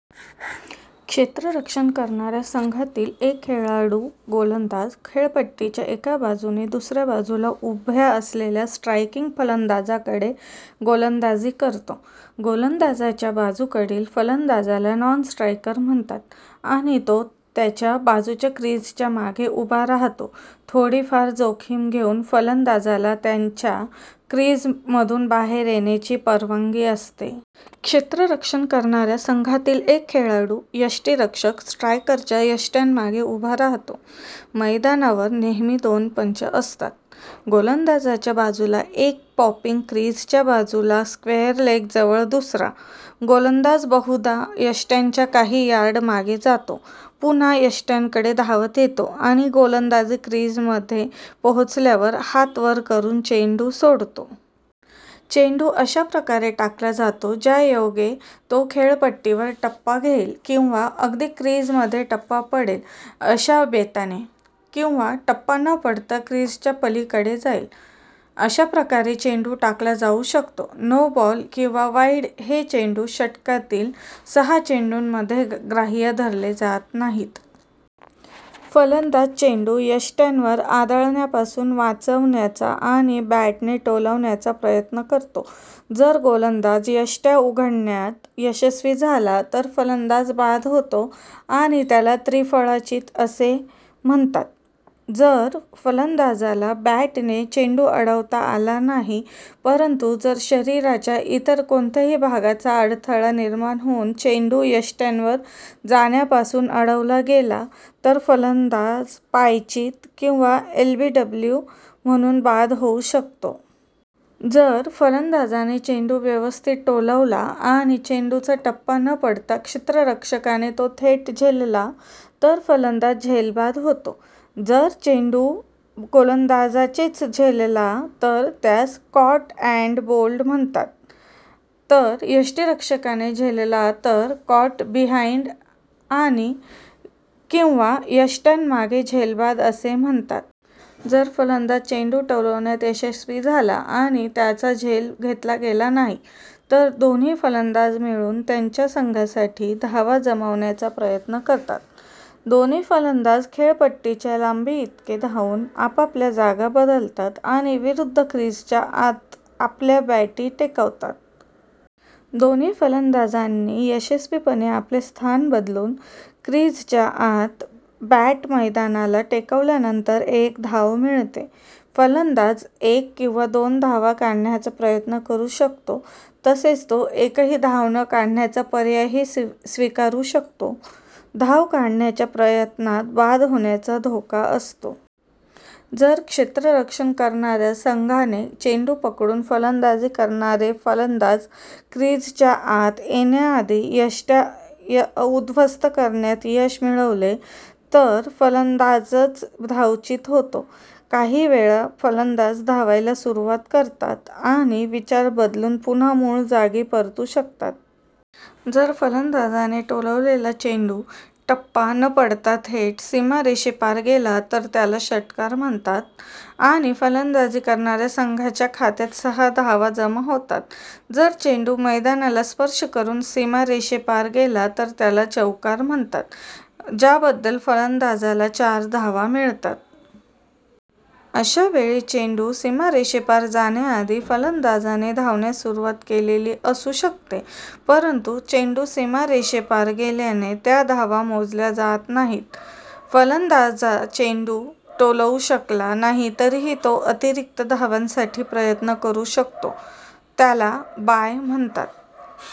क्षेत्ररक्षण करणाऱ्या संघातील एक खेळाडू गोलंदाज, खेळपट्टीच्या एका बाजूने दुसऱ्या बाजूला उभ्या असलेल्या स्ट्राईकिंग फलंदाजाकडे गोलंदाजी करतो. गोलंदाजाच्या बाजूकडील फलंदाजाला नॉन-स्ट्राईकर म्हणतात, आणि तो त्याच्या बाजूच्या क्रिजच्या मागे उभा राहतो. थोडी फार जोखीम घेऊन, फलंदाजाला त्यांच्या क्रिजमधून बाहेर येण्याची परवानगी असते. क्षेत्ररक्षण करणाऱ्या संघातील एक खेळाडू, यष्टिरक्षक, स्ट्रायकरच्या यष्ट्यांमागे उभा राहतो. मैदानावर नेहमी दोन पंच असतात. गोलंदाजाच्या बाजूला एक आणि पॉपिंग क्रिजच्या बाजूला स्क्वेअर लेगजवळ दुसरा. गोलंदाज बहुधा यष्ट्यांच्या काही यार्ड मागे जातो, पुन्हा यष्ट्यांकडे धावत येतो आणि गोलंदाजी क्रिज मध्ये पोहोचल्यावर हात वर करून चेंडू सोडतो. चेंडू अशा प्रकारे टाकला जातो, ज्यायोगे तो खेळपट्टीवर टप्पा घेईल किंवा अगदी क्रिजमध्ये टप्पा पडेल अशा बेताने, किंवा टप्पा न पडता क्रिजच्या पलीकडे जाईल, अशा प्रकारे चेंडू टाकला जाऊ शकतो. नो बॉल किंवा वाईड हे चेंडू षटकातील सहा चेंडूंमध्ये ग्राह्य धरले जात नाहीत. फलंदाज चेंडू यष्ट्यांवर आदळण्यापासून वाचवण्याचा आणि बॅटने टोलवण्याचा प्रयत्न करतो. जर गोलंदाज, यष्ट्या उखडण्यात यशस्वी झाला तर फलंदाज बाद होतो आणि त्याला त्रिफळाचीत असे म्हणतात. जर फलंदाजाला बॅटने चेंडू अडवता आला नाही, परंतु जर शरीराच्या इतर कोणत्याही भागाचा अडथळा निर्माण होऊन, चेंडू यष्ट्यांवर जाण्यापासून अडवला गेला तर फलंदाज पायचीत, किंवा "एलबीडब्लू" म्हणून बाद होऊ शकतो. जर फलंदाजाने चेंडू व्यवस्थित टोलवला आणि चेंडूचा टप्पा न पडता क्षेत्ररक्षकाने तो थेट झेलला तर फलंदाज झेलबाद होतो. जर चेंडू गोलंदाजाचेच झेलला तर त्यास कॉट अँड बोल्ड म्हणतात; तर यष्टिरक्षकाने झेलला तर, कॉट बिहाईंड किंवा यष्ट्यांमागे झेलबाद असे म्हणतात. जर फलंदाज चेंडू टोलवण्यात यशस्वी झाला आणि त्याचा झेल घेतला गेला नाही, तर दोन्ही फलंदाज मिळून त्यांच्या संघासाठी धावा जमावण्याचा प्रयत्न करतात. दोन्ही फलंदाज खेळपट्टीच्या लांबीइतके धावून आपापल्या जागा बदलतात आणि विरुद्ध क्रिजच्या आत आपल्या बॅटी टेकवतात. दोन्ही फलंदाजांनी यशस्वीपणे आपले स्थान बदलून, क्रिजच्या आत बॅट मैदानाला टेकवल्यानंतर एक धाव मिळते. फलंदाज एक किंवा दोन धावा काढण्याचा प्रयत्न करू शकतो तसेच तो एकही धाव न काढण्याचा पर्यायही स्वीकारू शकतो. धाव काढण्याच्या प्रयत्नात बाद होण्याचा धोका असतो. जर क्षेत्ररक्षण करणाऱ्या संघाने चेंडू पकडून फलंदाजी करणारे फलंदाज क्रिजच्या आत येण्याआधी यष्ट्या उद्ध्वस्त करण्यात यश मिळवले, तर फलंदज धावचीत होतो. काही वेळा फलंदाज धावायला सुरुवात करतात, आणि विचार बदलून पुन्हा मूळ जागी परतू शकतात. जर फलंदाजाने टोलवलेला चेंडू टप्पा न पडता थेट सीमारेषेपार गेला तर त्याला षट्कार म्हणतात, आणि फलंदाजी करणाऱ्या संघाच्या खात्यात सहा धावा जमा होतात. जर चेंडू मैदानाला स्पर्श करून सीमारेषेपार गेला तर त्याला चौकार म्हणतात, ज्याबद्दल फलंदाजाला चार धावा मिळतात. अशा वेळी चेंडू सीमारेषेपार जाण्याआधी फलंदाजाने धावण्यास सुरुवात केलेली असू शकते, परंतु चेंडू सीमारेषेपार गेल्याने, त्या धावा मोजल्या जात नाहीत. फलंदाजा चेंडू टोलवू शकला नाही तरीही तो अतिरिक्त धावांसाठी प्रयत्न करू शकतो: त्याला बाय म्हणतात.